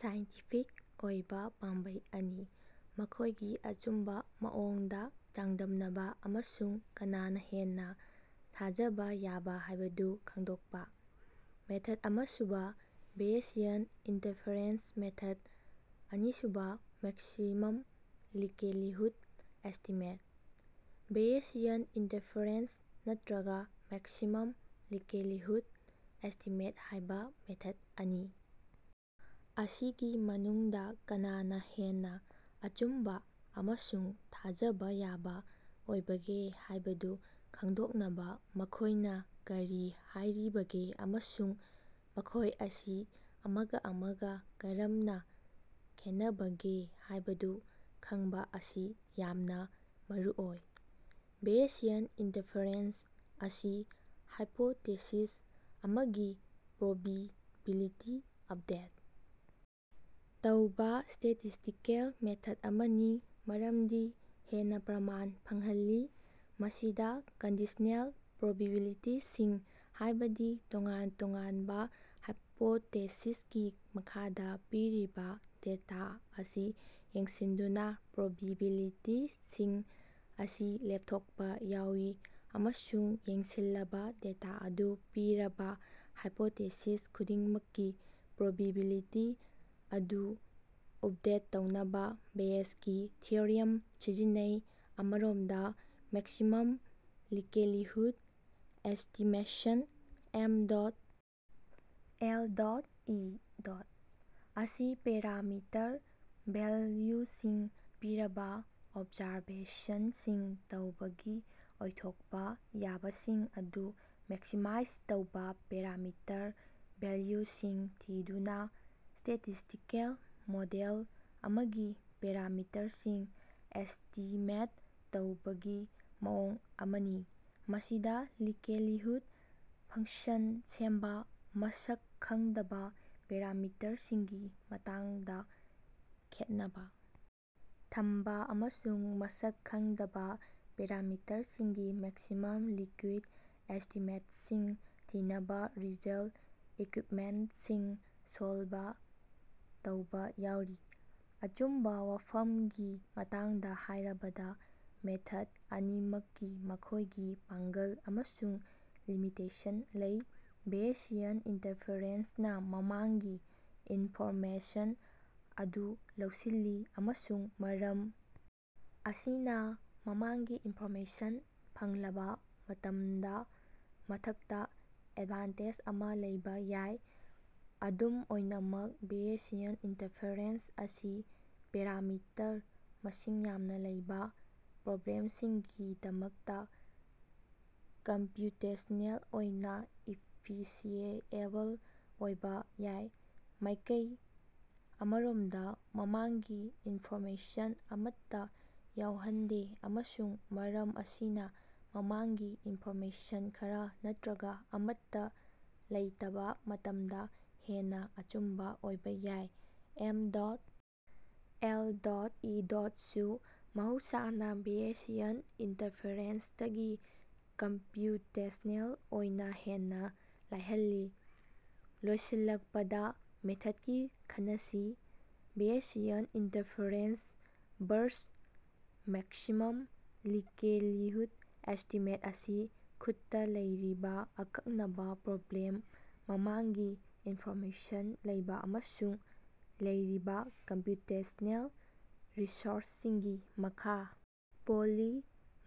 Scientific ꯑꯣꯏꯕꯥ ꯄꯥꯝꯕꯩ ꯑꯅꯤ ꯃꯈꯣꯏꯒꯤ ꯑꯆꯨꯝꯕꯥ ꯃꯑꯣꯡꯗꯥ ꯆꯥꯡꯗꯝꯅꯕꯥ ꯑꯃꯁꯨꯡ ꯀꯅꯥꯅꯥ ꯍꯦꯟꯅꯥ ꯊꯥꯖꯕꯥ ꯌꯥꯕꯥ ꯍꯥꯏꯕꯗꯨ ꯈꯪꯗꯣꯛꯄꯥ꯫ ꯃꯦꯊꯗ ꯑꯃꯥꯁꯨꯕ ꯕꯦꯌꯦꯁꯤꯌꯟ ꯏꯟꯇꯔꯐꯦꯔꯦꯟꯁ ꯃꯦꯊꯗ ꯑꯅꯤꯁꯨꯕ maximum likelihood estimate. Bayesian inference ꯅꯠꯇ꯭ꯔꯒꯥ ꯃꯦꯛꯁꯤꯃꯝ ꯂꯤꯀꯦꯂꯤꯍꯨꯗ ꯑꯦꯁ꯭ꯇꯤꯃꯦꯠ ꯍꯥꯢꯕꯥ ꯃꯦꯊꯗ ꯑꯅꯤ ꯑꯁꯤꯒꯤ ꯃꯅꯨꯡꯗꯥ ꯀꯅꯥꯅꯥ ꯍꯦꯟꯅꯥ ꯑꯆꯨꯝꯕꯥ ꯑꯃꯁꯨꯡ ꯊꯥꯖꯕꯥ ꯌꯥꯕꯥ ꯑꯣꯏꯕꯒꯦ ꯍꯥꯢꯕꯗꯨ ꯈꯪꯗꯣꯛꯅꯕꯥ ꯃꯈꯣꯢꯅꯥ ꯀꯔꯤ ꯍꯥꯢꯔꯤꯕꯒꯦ ꯑꯃꯁꯨꯡ ꯃꯈꯣꯢ ꯑꯁꯤ ꯑꯃꯒꯥ ꯑꯃꯒꯥ ꯀꯔꯝꯅꯥ ꯈꯦꯠꯅꯕꯒꯦ ꯍꯥꯢꯕꯗꯨ ꯈꯪꯕꯥ ꯑꯁꯤ ꯌꯥꯝꯅꯥ ꯃꯔꯨꯑꯣꯏ꯫ ꯕꯦꯌꯦꯁꯤꯌꯟ ꯏꯟꯇꯔꯐꯦꯔꯦꯟꯁ ꯑꯁꯤ ꯍꯥꯏꯄꯣꯇꯦꯁꯤꯁ ꯑꯃꯒꯤ ꯄ꯭ꯔꯣꯕꯤꯕꯤꯂꯤꯇꯤ ꯎꯞꯗꯦꯠ ꯇꯧꯕꯥ ꯁ꯭ꯇꯦꯇꯤꯁ꯭ꯇꯤꯀꯦꯜ ꯃꯦꯊꯗ ꯑꯃꯅꯤ, ꯃꯔꯝꯗꯤ ꯍꯦꯟꯅꯥ ꯄ꯭ꯔꯃꯥꯟ ꯐꯪꯍꯜꯂꯤ꯫ ꯃꯁꯤꯗꯥ ꯀꯟꯗꯤꯁꯅꯦꯜ ꯄ꯭ꯔꯣꯕꯤꯕꯤꯂꯤꯇꯤꯁꯤꯡ, ꯍꯥꯢꯕꯗꯤ ꯇꯣꯉꯥꯟ ꯇꯣꯉꯥꯟꯕꯥ ꯍꯥꯏꯄꯣꯇꯦꯁꯤꯁꯀꯤ ꯃꯈꯥꯗꯥ ꯄꯤꯔꯤꯕꯥ ꯗꯦꯇꯥ ꯑꯁꯤ ꯌꯦꯡꯁꯤꯟꯗꯨꯅ ꯄ꯭ꯔꯣꯕꯤꯕꯤꯂꯤꯇꯤꯁꯤꯡ ꯑꯁꯤ ꯂꯦꯞꯊꯣꯛꯄꯥ ꯌꯥꯎꯏ ꯑꯃꯁꯨꯡ ꯌꯦꯡꯁꯤꯟꯂꯕ ꯗꯦꯇꯥ ꯑꯗꯨ ꯄꯤꯔꯕꯥ ꯍꯥꯏꯄꯣꯇꯦꯁꯤꯁ ꯈꯨꯗꯤꯡꯃꯛꯀꯤ ꯄ꯭ꯔꯣꯕꯤꯕꯤꯂꯤꯇꯤ ꯑꯗꯨ ꯎꯞꯗꯦꯠ ꯇꯧꯅꯕꯥ ꯕꯦꯌꯦꯁꯀꯤ ꯊꯤꯑꯣꯔꯤꯝ ꯁꯤꯖꯤꯟꯅꯩ꯫ ꯑꯃꯔꯣꯝꯗꯥ, maximum likelihood estimation (M. L. E.) ꯑꯁꯤ ꯄꯦꯔꯥꯃꯤꯇꯔ ꯚꯦꯜꯌꯨꯁꯤꯡ ꯄꯤꯔꯕꯥ ꯑꯣꯕꯖꯥꯔꯕꯦꯁꯅꯁꯤꯡ ꯇꯧꯕꯒꯤ ꯑꯣꯏꯊꯣꯛꯄꯥ ꯌꯥꯕꯁꯤꯡ ꯑꯗꯨ ꯃꯦꯛꯁꯤꯃꯥꯏꯖ ꯇꯧꯕꯥ ꯄꯦꯔꯥꯃꯤꯇꯔ ꯚꯦꯂ꯭ꯌꯨꯁꯤꯡ ꯊꯤꯗꯨꯅꯥ ꯁ꯭ꯇꯦꯇꯤꯁ꯭ꯇꯤꯀꯦꯜ ꯃꯣꯗꯦꯜ ꯑꯃꯒꯤ ꯄꯦꯔꯥꯃꯤꯇꯔꯁꯤꯡ ꯑꯦꯁ꯭ꯇꯤꯃꯦꯠ ꯇꯧꯕꯒꯤ ꯃꯑꯣꯡ ꯑꯃꯅꯤ꯫ ꯃꯁꯤꯗꯥ ꯂꯤꯀꯦꯂꯤꯍꯨꯗ ꯐꯪꯁꯟ ꯁꯦꯝꯕꯥ, ꯃꯁꯛ ꯈꯪꯗꯕꯥ ꯄꯦꯔꯥꯃꯤꯇꯔꯁꯤꯡꯒꯤ ꯃꯇꯥꯡꯗꯥ ꯈꯦꯠꯅꯕꯥ ꯊꯝꯕꯥ, ꯑꯃꯁꯨꯡ ꯃꯁꯛ ꯈꯪꯗꯕꯥ ꯄꯦꯔꯥꯃꯤꯇꯔꯁꯤꯡꯒꯤ ꯃꯦꯛꯁꯤꯃꯝ ꯂꯤꯀ꯭ꯌꯨꯠꯗ ꯑꯦꯁ꯭ꯇꯤꯃꯦꯠꯁꯤꯡ ꯊꯤꯅꯕꯥ ꯔꯤꯖꯜꯇ ꯑꯦꯀ꯭ꯌꯨꯏꯗꯃꯦꯟꯇꯁꯤꯡ ꯁꯣꯜꯕ ꯇꯧꯕꯥ ꯌꯥꯎꯔꯤ꯫ ꯑꯆꯨꯝꯕꯥ ꯋꯥꯐꯝꯒꯤ ꯃꯇꯥꯡꯗꯥ ꯍꯥꯢꯔꯕꯗꯥ, ꯃꯦꯊꯗ ꯑꯅꯤꯃꯛꯀꯤ ꯃꯈꯣꯢꯒꯤ ꯄꯥꯡꯒꯜ ꯑꯃꯁꯨꯡ ꯂꯤꯃꯤꯇꯦꯁꯟ ꯂꯩ꯫ ꯕꯦꯌꯦꯁꯤꯌꯟ ꯏꯟꯇꯔꯐꯦꯔꯦꯟꯁꯅꯥ ꯃꯃꯥꯡꯒꯤ ꯏꯟꯐꯣꯔꯃꯦꯁꯟ ꯑꯗꯨ ꯂꯧꯁꯤꯜꯂꯤ, ꯑꯃꯁꯨꯡ ꯃꯔꯝ ꯑꯁꯤꯅꯥ ꯃꯃꯥꯡꯒꯤ ꯏꯟꯐꯣꯔꯃꯦꯁꯟ ꯐꯪꯂꯕꯥ ꯃꯇꯝꯗꯥ ꯃꯊꯛꯇꯥ ꯑꯦꯗꯚꯥꯟꯇꯦꯖ ꯑꯃꯥ ꯂꯩꯕꯥ ꯌꯥꯏ꯫ ꯑꯗꯨꯝ ꯑꯣꯏꯅꯃꯛ ꯕꯦꯌꯦꯁꯤꯌꯟ ꯏꯟꯇꯔꯐꯦꯔꯦꯟꯁ ꯑꯁꯤ ꯄꯦꯔꯥꯃꯤꯇꯔ ꯃꯁꯤꯡ ꯌꯥꯝꯅꯥ ꯂꯩꯕꯥ ꯄ꯭ꯔꯣꯕ꯭ꯂꯦꯝꯁꯤꯡꯒꯤꯗꯃꯛꯇꯥ ꯀꯝꯄ꯭ꯌꯨꯇꯦꯁꯅꯦꯜ ꯑꯣꯏꯅꯥ ꯏꯐꯤꯁꯤꯑꯦꯕꯜ ꯑꯣꯏꯕꯥ ꯌꯥꯏ꯫ ꯃꯥꯢꯀꯩ ꯑꯃꯔꯣꯝꯗꯥ, ꯃꯃꯥꯡꯒꯤ ꯏꯟꯐꯣꯔꯃꯦꯁꯟ ꯑꯃꯠꯇꯥ ꯌꯥꯎꯍꯟꯗꯦ ꯑꯃꯁꯨꯡ ꯃꯔꯝ ꯑꯁꯤꯅꯥ ꯃꯃꯥꯡꯒꯤ ꯏꯟꯐꯣꯔꯃꯦꯁꯟ ꯈꯔꯥ ꯅꯠꯇ꯭ꯔꯒꯥ ꯑꯃꯠꯇꯥ ꯂꯩꯇꯕꯥ ꯃꯇꯝꯗꯥ ꯍꯦꯟꯅꯥ ꯑꯆꯨꯝꯕꯥ ꯑꯣꯏꯕꯥ ꯌꯥꯏ꯫ ꯑꯦꯝ. ꯑꯦꯜ. ꯏ. ꯁꯨ ꯃꯍꯧꯁꯥꯅꯥ ꯕꯦꯌꯦꯁꯤꯌꯟ ꯏꯟꯇꯔꯐꯦꯔꯦꯟꯁꯇꯒꯤ ꯀꯝꯄ꯭ꯌꯨꯇꯦꯁ꯭ꯅꯦꯜ ꯑꯣꯏꯅꯥ ꯍꯦꯟꯅꯥ ꯂꯥꯏꯍꯜꯂꯤ ꯫ ꯂꯣꯏꯁꯤꯜꯂꯛꯄꯗꯥ ꯃꯦꯊꯗꯀꯤ ꯈꯟꯅꯁꯤ, Bayesian inference versus maximum likelihood estimate ꯑꯁꯤ ꯈꯨꯠꯇꯥ ꯂꯩꯔꯤꯕꯥ ꯑꯀꯛꯅꯕꯥ ꯄ꯭ꯔꯣꯕ꯭ꯂꯦꯝ, ꯃꯃꯥꯡꯒꯤ ꯏꯟꯐꯣꯔꯃꯦꯁꯟ ꯂꯩꯕꯥ ꯑꯃꯁꯨꯡ ꯂꯩꯔꯤꯕꯥ ꯀꯝꯄ꯭ꯌꯨꯇꯦꯁ꯭ꯅꯦꯜ ꯔꯤꯁꯣꯔꯁꯁꯤꯡꯒꯤ ꯃꯈꯥ ꯄꯣꯜꯂꯤ꯫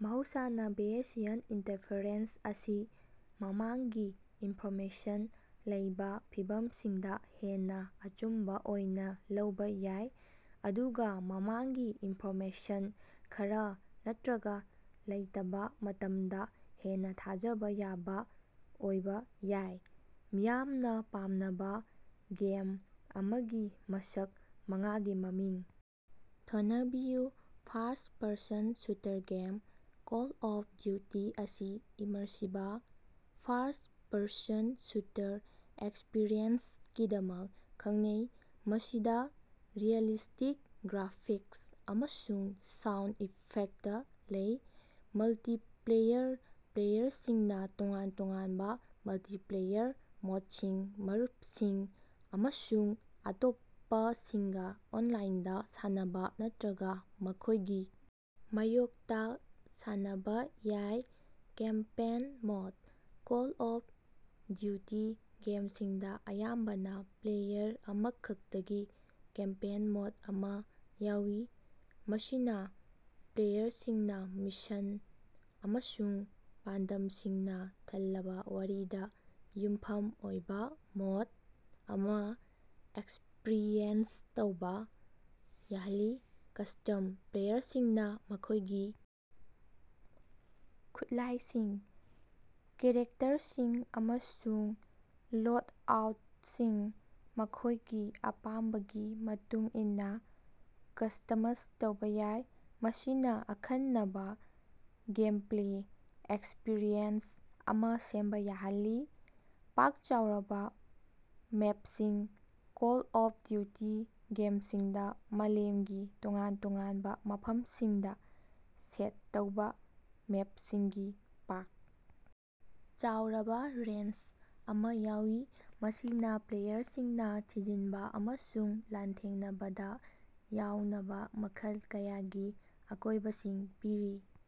ꯃꯍꯧꯁꯥꯅꯥ, ꯕꯦꯌꯦꯁꯤꯌꯟ ꯏꯟꯇꯔꯐꯦꯔꯦꯟꯁ ꯑꯁꯤ ꯃꯃꯥꯡꯒꯤ ꯏꯟꯐꯣꯔꯃꯦꯁꯟ ꯂꯩꯕꯥ ꯐꯤꯚꯝꯁꯤꯡꯗꯥ ꯍꯦꯟꯅꯥ ꯑꯆꯨꯝꯕꯥ ꯑꯣꯏꯅꯥ ꯂꯧꯕꯥ ꯌꯥꯏ, ꯑꯗꯨꯒꯥ ꯃꯃꯥꯡꯒꯤ ꯏꯟꯐꯣꯔꯃꯦꯁꯟ ꯈꯔꯥ ꯅꯠꯇ꯭ꯔꯒꯥ ꯂꯩꯇꯕꯥ ꯃꯇꯝꯗꯥ ꯍꯦꯟꯅꯥ ꯊꯥꯖꯕꯥ ꯌꯥꯕꯥ ꯑꯣꯏꯕꯥ ꯌꯥꯏ꯫ ꯃꯤꯌꯥꯝꯅꯥ ꯄꯥꯝꯅꯕꯥ ꯒꯦꯝ ꯑꯃꯒꯤ ꯃꯁꯛ ꯃꯉꯥꯒꯤ ꯃꯃꯤꯡ ꯊꯣꯅꯕꯤꯌꯨ꯫ First person shooter game: Call of Duty ꯑꯁꯤ ꯏꯃꯔꯁꯤꯕ, ꯐꯥꯔꯁ꯭ꯠ-ꯄꯔꯁꯟ ꯁꯨꯇꯔ ꯑꯦꯛꯁꯄꯤꯔꯤꯑꯦꯟꯁꯀꯤꯗꯃꯛ ꯈꯪꯅꯩ, ꯃꯁꯤꯗꯥ ꯔꯤꯑꯦꯂꯤꯁ꯭ꯇꯤꯛ ꯒ꯭ꯔꯥꯐꯤꯛꯁ ꯑꯃꯁꯨꯡ ꯁꯥꯎꯟꯗ ꯏꯐꯦꯛꯇ ꯂꯩ꯫ ꯃꯜꯇꯤꯄ꯭ꯂꯦꯌꯔ: ꯄ꯭ꯂꯦꯌꯔꯁꯤꯡꯅꯥ ꯇꯣꯉꯥꯟ ꯇꯣꯉꯥꯟꯕꯥ ꯃꯜꯇꯤꯄ꯭ꯂꯦꯌꯔ ꯃꯣꯗꯁꯤꯡ, ꯃꯔꯨꯞꯁꯤꯡ ꯑꯃꯁꯨꯡ ꯑꯇꯣꯞꯄꯁꯤꯡꯒꯥ ꯑꯣꯟꯂꯥꯏꯟꯗꯥ ꯁꯥꯟꯅꯕꯥ ꯅꯠꯇ꯭ꯔꯒꯥ ꯃꯈꯣꯢꯒꯤ ꯃꯥꯌꯣꯛꯇꯥ ꯁꯥꯟꯅꯕꯥ ꯌꯥꯏ꯫ Campaign mode: Call of duty ꯒꯦꯝꯁꯤꯡꯗꯥ ꯑꯌꯥꯝꯕꯅꯥ ꯄ꯭ꯂꯦꯌꯔ ꯑꯃꯈꯛꯇꯒꯤ ꯀꯦꯝꯄꯦꯟ ꯃꯣꯗ ꯑꯃꯥ ꯌꯥꯎꯏ, ꯃꯁꯤꯅꯥ ꯄ꯭ꯂꯦꯌꯔꯁꯤꯡꯅꯥ ꯃꯤꯁꯟ ꯑꯃꯁꯨꯡ ꯄꯥꯟꯗꯝꯁꯤꯡꯅꯥ ꯊꯜꯂꯕꯥ ꯋꯥꯔꯤꯗꯥ ꯌꯨꯝꯐꯝ ꯑꯣꯏꯕꯥ ꯃꯣꯗ ꯑꯃꯥ ꯑꯦꯛꯁꯄ꯭ꯔꯤꯌꯦꯟꯁ ꯇꯧꯕꯥ ꯌꯥꯍꯜꯂꯤ꯫ ꯀꯁꯇꯝꯁ: ꯄ꯭ꯂꯦꯌꯔꯁꯤꯡꯅꯥ ꯃꯈꯣꯢꯒꯤ ꯈꯨꯠꯂꯥꯏꯁꯤꯡ, ꯀꯦꯔꯦꯛꯇꯔꯁꯤꯡ ꯑꯃꯁꯨꯡ ꯂꯣꯗꯑꯥꯎꯇꯁꯤꯡ ꯃꯈꯣꯢꯒꯤ ꯑꯄꯥꯝꯕꯒꯤ ꯃꯇꯨꯡ ꯏꯟꯅꯥ ꯀꯁ꯭ꯇꯃꯁ ꯇꯧꯕꯥ ꯌꯥꯏ, ꯃꯁꯤꯅꯥ ꯑꯈꯟꯅꯕꯥ ꯒꯦꯝꯄ꯭ꯂꯦ ꯑꯦꯛꯁꯄꯤꯔꯤꯑꯦꯟꯁ ꯑꯃꯥ ꯁꯦꯝꯕꯥ ꯌꯥꯍꯜꯂꯤ꯫ ꯄꯥꯛ ꯆꯥꯎꯔꯕꯥ ꯃꯦꯞꯁꯤꯡ: ꯀꯣꯜ ꯑꯣꯐ ꯗ꯭ꯌꯨꯇꯤ ꯒꯦꯝꯁꯤꯡꯗꯥ ꯃꯥꯂꯦꯝꯒꯤ ꯇꯣꯉꯥꯟ ꯇꯣꯉꯥꯟꯕꯥ ꯃꯐꯝꯁꯤꯡꯗꯥ ꯁꯦꯠ ꯇꯧꯕꯥ ꯃꯦꯞꯁꯤꯡꯒꯤ ꯄꯥꯛ ꯆꯥꯎꯔꯕꯥ ꯔꯦꯟꯖ ꯑꯃꯥ ꯌꯥꯎꯏ, ꯃꯁꯤꯅꯥ ꯄ꯭ꯂꯦꯌꯔꯁꯤꯡꯅꯥ ꯊꯤꯖꯤꯟꯕꯥ ꯑꯃꯁꯨꯡ ꯂꯥꯟꯊꯦꯡꯅꯕꯗꯥ ꯌꯥꯎꯅꯕꯥ ꯃꯈꯜ ꯀꯌꯥꯒꯤ ꯑꯀꯣꯢꯕꯁꯤꯡ ꯄꯤꯔꯤ꯫